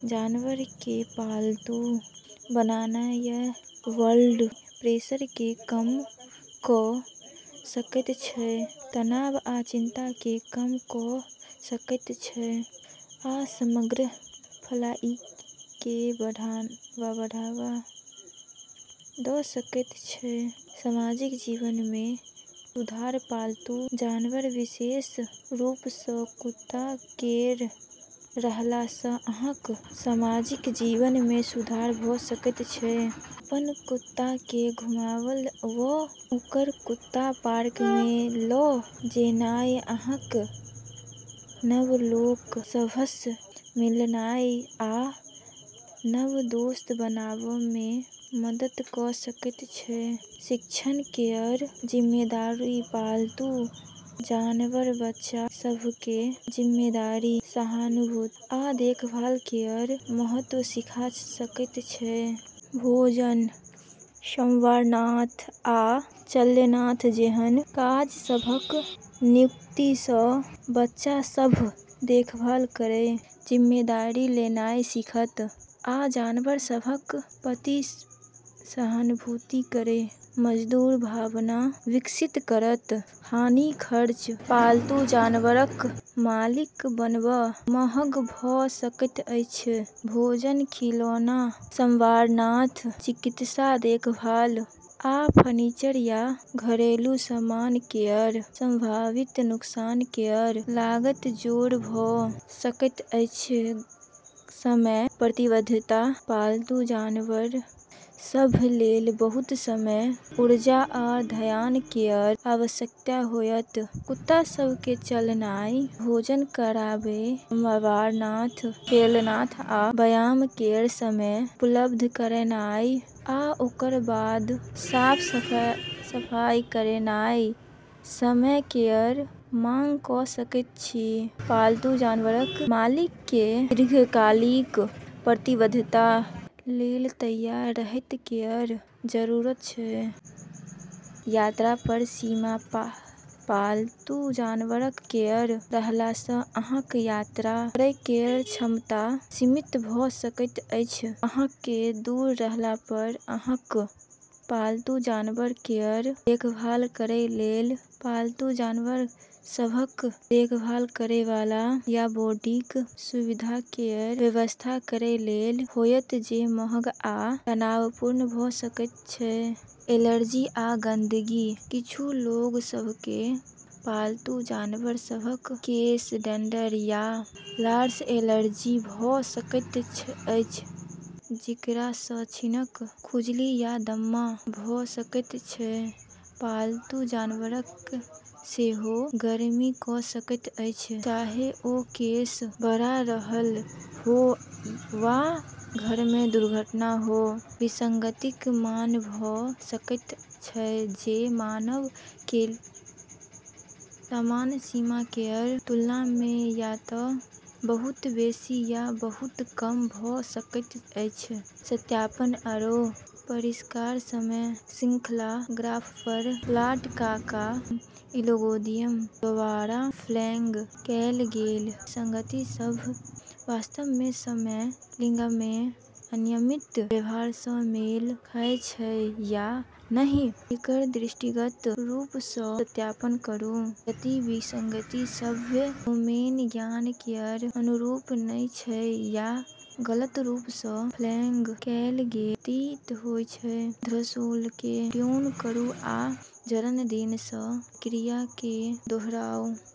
जानवरकेँ पालतू बनानाय ब्लड प्रेशरकेँ कम कऽ सकैत छै, तनाव आ चिंताकेँ कम कऽ सकैत छै आ समग्र भलाईकेँ बढ़ावा दऽ सकैत छै। सामाजिक जीवनमे सुधार: पालतू जानवर, विशेष रूपसँ कुत्ता केर रहलासँ अहाँक सामाजिक जीवनमे सुधार भऽ सकैत छै। अपन कुत्ताकेँ घुमाबय वा ओकरा कुत्ता पार्कमे ल' जेनाय अहाँकेँ नव लोग सभसँ मिलनाय आ नव दोस्त बनाबैमे मदद कऽ सकैत छै। शिक्षण केर जिम्मेदारी: पालतू जानवर बच्चा सभकेँ जिम्मेदारी, सहानुभूति, आ देखभाल केर महत्व सिखा सकैत छै। भोजन, संवारनाय, आ चलनाय जेहन काज सभक नियुक्तिसँ बच्चा सभ देखभाल केर जिम्मेदारी लेनाय सीखत आ जानवर सभक प्रति सहानुभूति केर मजबूत भावना विकसित करत। हानि: खर्च: पालतू जानवरक मालिक बनब महग भऽ सकैत अछि। भोजन, खिलौना, संवारनाय, चिकित्सा देखभाल, आ फर्नीचर या घरेलू सामान केर संभावित नुकसान केर लागतकेँ जोड़ भऽ सकैत छै। समय प्रतिबद्धता: पालतू जानवर सभ लेल बहुत समय, ऊर्जा, आ ध्यान केर आवश्यकता होयत। कुत्ता सभकेँ चलनाय, भोजन कराबै, संवारनाय, खेलनाय आ व्यायाम केर समय उपलब्ध करानाय, आ ओकर बाद साफ-सफाई करनाय समय केर मांग कऽ सकैत छै। पालतू जानवरक मालिककेँ दीर्घकालिक प्रतिबद्धता लेल तैयार रहै केर जरूरत छै। यात्रापर सीमा: पालतू जानवर केर रहलासँ अहाँक यात्रा करै केर क्षमता सीमित भऽ सकैत अछि। अहाँकेँ दूर रहलापर अहाँक पालतू जानवर केर देखभाल करै लेल पालतू जानवर सभक देखभाल करैबला या बोर्डिंग सुविधा केर व्यवस्था करै लेल होयत, जे महग आ तनावपूर्ण भऽ सकैत छै। एलर्जी आ गंदगी: किछु लोग सभकेँ पालतू जानवर सभक केश, डैंडर, या लारसँ एलर्जी भऽ सकैत छै, जेकरासँ छींक, खुजली, या दमा भऽ सकैत छै। पालतू जानवर सेहो गड़बड़ी कऽ सकैत अछि, चाहे ओ केश बहा रहल हो वा घरमे दुर्घटना हो। विसंगतिक मान भऽ सकैत छै जे मान केर सामान्य सीमा केर तुलनामे या तँ बहुत बेसी या बहुत कम भऽ सकैत छै। सत्यापन आरू परिष्कार: समय श्रृंखला ग्राफपर प्लॉट कऽ कऽ एल्गोरिदम द्ववारा फ्लैग कएल गेल विसंगति सभ वास्तवमे समय श्रृंखलामे अनियमित व्यवहारसँ मेल खाइत छै या नहि, एकर दृष्टिगत रूपसँ सत्यापन करू। यदि विसंगति सभ डोमेन ज्ञान केर अनुरूप नहि छै या गलत रूपसँ फ्लैग कएल गेल प्रतीत होइत छै, तँ थ्रेशोल्डकेँ ट्यून करू आ चरण तीन सँ प्रक्रियाकेँ दोहराउ।